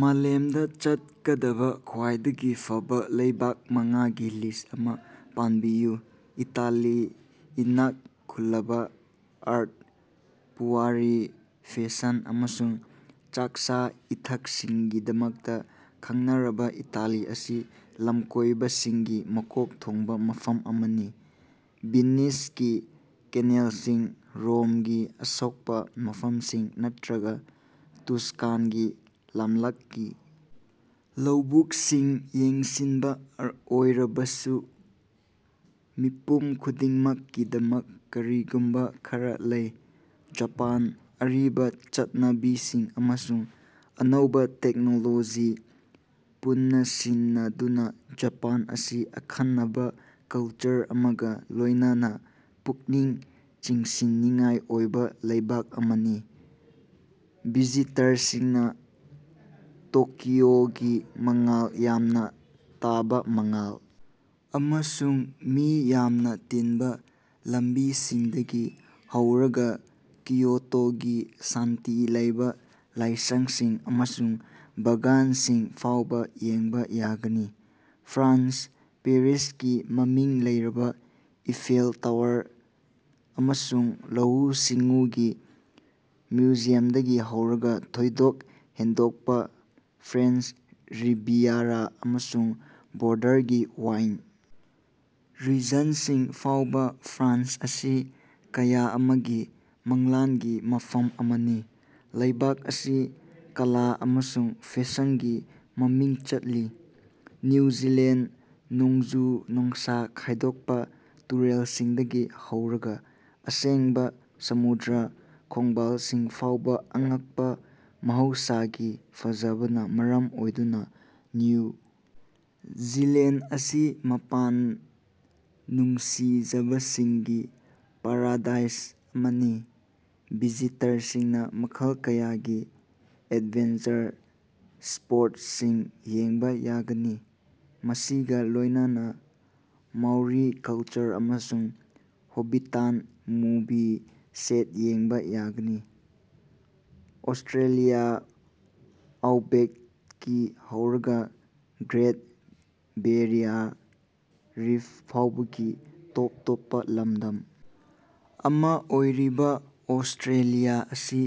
ꯃꯥꯂꯦꯝꯗ ꯆꯠꯀꯗꯕ ꯈ꯭ꯋꯥꯏꯗꯒꯤ ꯐꯕ ꯂꯩꯕꯥꯛ ꯃꯉꯥꯒꯤ ꯂꯤꯁ꯭ꯠ ꯑꯃ ꯄꯥꯟꯕꯤꯌꯨ꯫ ꯏꯇꯥꯂꯤ ꯏꯅꯥꯛ ꯈꯨꯜꯂꯕ ꯑꯥꯔꯠ, ꯄꯨꯋꯥꯔꯤ, ꯐꯦꯁꯟ, ꯑꯃꯁꯨꯡ ꯆꯥꯛꯆꯥ-ꯏꯊꯛꯁꯤꯡꯒꯤꯗꯃꯛꯇ ꯈꯪꯅꯔꯕ ꯏꯇꯥꯂꯤ ꯑꯁꯤ ꯂꯝꯀꯣꯏꯕꯁꯤꯡꯒꯤ ꯃꯀꯣꯛ ꯊꯣꯡꯕ ꯃꯐꯝ ꯑꯃꯅꯤ꯫ ꯚꯦꯅꯤꯁꯀꯤ ꯀꯦꯅꯦꯜꯁꯤꯡ, ꯔꯣꯝꯒꯤ ꯑꯁꯣꯛꯄ ꯃꯐꯝꯁꯤꯡ, ꯅꯠꯇ꯭ꯔꯒ ꯇꯨꯁꯀꯥꯟꯒꯤ ꯂꯝꯂꯛꯀꯤ ꯂꯧꯕꯨꯛꯁꯤꯡ ꯌꯦꯡꯁꯤꯟꯕ ꯑꯣꯏꯔꯕꯁꯨ, ꯃꯤꯄꯨꯝ ꯈꯨꯗꯤꯡꯃꯛꯀꯤꯗꯃꯛ ꯀꯔꯤꯒꯨꯝꯕ ꯈꯔꯥ ꯂꯩ꯫ ꯖꯄꯥꯟ ꯑꯔꯤꯕ ꯆꯠꯅꯕꯤꯁꯤꯡ ꯑꯃꯁꯨꯡ ꯑꯅꯧꯕ ꯇꯦꯛꯅꯣꯂꯣꯖꯤ ꯄꯨꯟꯅꯥꯁꯤꯟꯅꯗꯨꯅ ꯖꯄꯥꯟ ꯑꯁꯤ ꯑꯈꯟꯅꯕ ꯀꯜꯆꯔ ꯑꯃꯒ ꯂꯣꯏꯅꯅ ꯄꯨꯛꯅꯤꯡ ꯆꯤꯡꯁꯤꯟꯅꯤꯡꯉꯥꯏ ꯑꯣꯏꯕ ꯂꯩꯕꯥꯛ ꯑꯃꯅꯤ꯫ ꯚꯤꯖꯤꯇꯔꯁꯤꯡꯅ ꯇꯣꯀꯤꯑꯣꯒꯤ ꯃꯉꯥꯜ ꯌꯥꯝꯅ ꯇꯥꯕ ꯃꯉꯥꯜ ꯑꯃꯁꯨꯡ ꯃꯤ ꯌꯥꯝꯅ ꯇꯤꯟꯕ ꯂꯝꯕꯤꯁꯤꯡꯗꯒꯤ ꯍꯧꯔꯒ ꯀꯤꯌꯣꯇꯣꯒꯤ ꯁꯥꯟꯇꯤ ꯂꯩꯕ ꯂꯥꯏꯁꯪꯁꯤꯡ ꯑꯃꯁꯨꯡ ꯕꯥꯒꯥꯟꯁꯤꯡ ꯐꯥꯎꯕ ꯌꯦꯡꯕ ꯌꯥꯒꯅꯤ꯫ ꯐ꯭ꯔꯥꯟꯁ – ꯄꯦꯔꯤꯁꯀꯤ ꯃꯃꯤꯡ ꯂꯩꯔꯕ ꯏꯐꯦꯜ ꯇꯋꯥꯔ ꯑꯃꯁꯨꯡ ꯂꯧꯎ-ꯁꯤꯡꯎꯒꯤ ꯃ꯭ꯌꯨꯖꯤꯌꯝꯗꯒꯤ ꯍꯧꯔꯒ ꯊꯣꯏꯗꯣꯛ ꯍꯦꯟꯗꯣꯛꯄ ꯐ꯭ꯔꯦꯟꯆ ꯔꯤꯚꯤꯌꯥꯔꯥ ꯑꯃꯁꯨꯡ ꯕꯣꯔꯗꯔꯒꯤ ꯋꯥꯏꯟ ꯔꯤꯖꯟꯁꯤꯡ ꯐꯥꯎꯕ, ꯐ꯭ꯔꯥꯟꯁ ꯑꯁꯤ ꯀꯌꯥ ꯑꯃꯒꯤ ꯃꯪꯂꯥꯟꯒꯤ ꯃꯐꯝ ꯑꯃꯅꯤ꯫ ꯂꯩꯕꯥꯛ ꯑꯁꯤ ꯀꯂꯥ ꯑꯃꯁꯨꯡ ꯐꯦꯁꯟꯒꯤ ꯃꯃꯤꯡ ꯆꯠꯂꯤ꯫ ꯅ꯭ꯌꯨ ꯖꯤꯂꯦꯟꯗ – ꯅꯣꯡꯖꯨ-ꯅꯨꯡꯁꯥ ꯈꯥꯏꯗꯣꯛꯄ ꯇꯨꯔꯦꯜꯁꯤꯡꯗꯒꯤ ꯍꯧꯔꯒ ꯑꯁꯦꯡꯕ ꯁꯃꯨꯗ꯭ꯔ ꯈꯣꯡꯕꯥꯜꯁꯤꯡ ꯐꯥꯎꯕ ꯑꯉꯛꯄ ꯃꯍꯧꯁꯥꯒꯤ ꯐꯖꯕꯅ ꯃꯔꯝ ꯑꯣꯏꯗꯨꯅ ꯅ꯭ꯌꯨ ꯖꯤꯂꯦꯟꯗ ꯑꯁꯤ ꯃꯄꯥꯟ ꯅꯨꯡꯁꯤꯖꯕꯁꯤꯡꯒꯤ ꯄꯥꯔꯥꯗꯥꯏꯁ ꯑꯃꯅꯤ꯫ ꯚꯤꯖꯤꯇꯔꯁꯤꯡꯅ ꯃꯈꯜ ꯀꯌꯥꯒꯤ ꯑꯦꯗꯚꯦꯟꯆꯔ ꯁ꯭ꯄꯣꯔꯠꯁꯁꯤꯡ ꯌꯦꯡꯕ ꯌꯥꯒꯅꯤ, ꯃꯁꯤꯒ ꯂꯣꯏꯅꯅ ꯃꯥꯎꯔꯤ ꯀꯜꯆꯔ ꯑꯃꯁꯨꯡ ꯍꯣꯕꯤꯇꯟ ꯃꯨꯚꯤ ꯁꯦꯠ ꯌꯦꯡꯕ ꯌꯥꯒꯅꯤ꯫ ꯑꯣꯁꯇ꯭ꯔꯦꯂꯤꯌꯥ ꯑꯥꯎꯠꯕꯦꯛꯇꯒꯤ ꯍꯧꯔꯒ ꯒ꯭ꯔꯦꯠ ꯕꯦꯔꯤꯌꯥ ꯔꯤꯐ ꯐꯥꯎꯕꯒꯤ ꯇꯣꯞ ꯇꯣꯞꯄ ꯂꯝꯗꯝ ꯑꯃ ꯑꯣꯏꯔꯤꯕ ꯑꯣꯁꯇ꯭ꯔꯦꯂꯤꯌꯥ ꯑꯁꯤ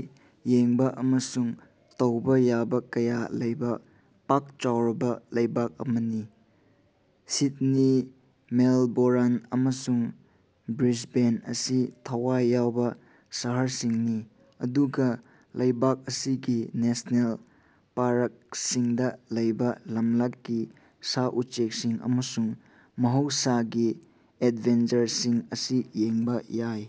ꯌꯦꯡꯕ ꯑꯃꯁꯨꯡ ꯇꯧꯕ ꯌꯥꯕ ꯀꯌꯥ ꯂꯩꯕ ꯄꯥꯛ ꯆꯥꯎꯔꯕ ꯂꯩꯕꯥꯛ ꯑꯃꯅꯤ꯫ ꯁꯤꯗꯅꯤ, ꯃꯦꯜꯕꯣꯔꯟ, ꯑꯃꯁꯨꯡ ꯕ꯭ꯔꯤꯁꯕꯦꯟ ꯑꯁꯤ ꯊꯋꯥꯏ ꯌꯥꯎꯕ ꯁꯍꯔꯁꯤꯡꯅꯤ, ꯑꯗꯨꯒ ꯂꯩꯕꯥꯛ ꯑꯁꯤꯒꯤ ꯅꯦꯁꯅꯦꯜ ꯄꯥꯔꯛꯁꯤꯡꯗ ꯂꯩꯕ ꯂꯝꯂꯛꯀꯤ ꯁꯥ-ꯎꯆꯦꯛꯁꯤꯡ ꯑꯃꯁꯨꯡ ꯃꯍꯧꯁꯥꯒꯤ ꯑꯦꯗꯚꯦꯟꯆꯔꯁꯤꯡ ꯑꯁꯤ ꯌꯦꯡꯕ ꯌꯥꯏ꯫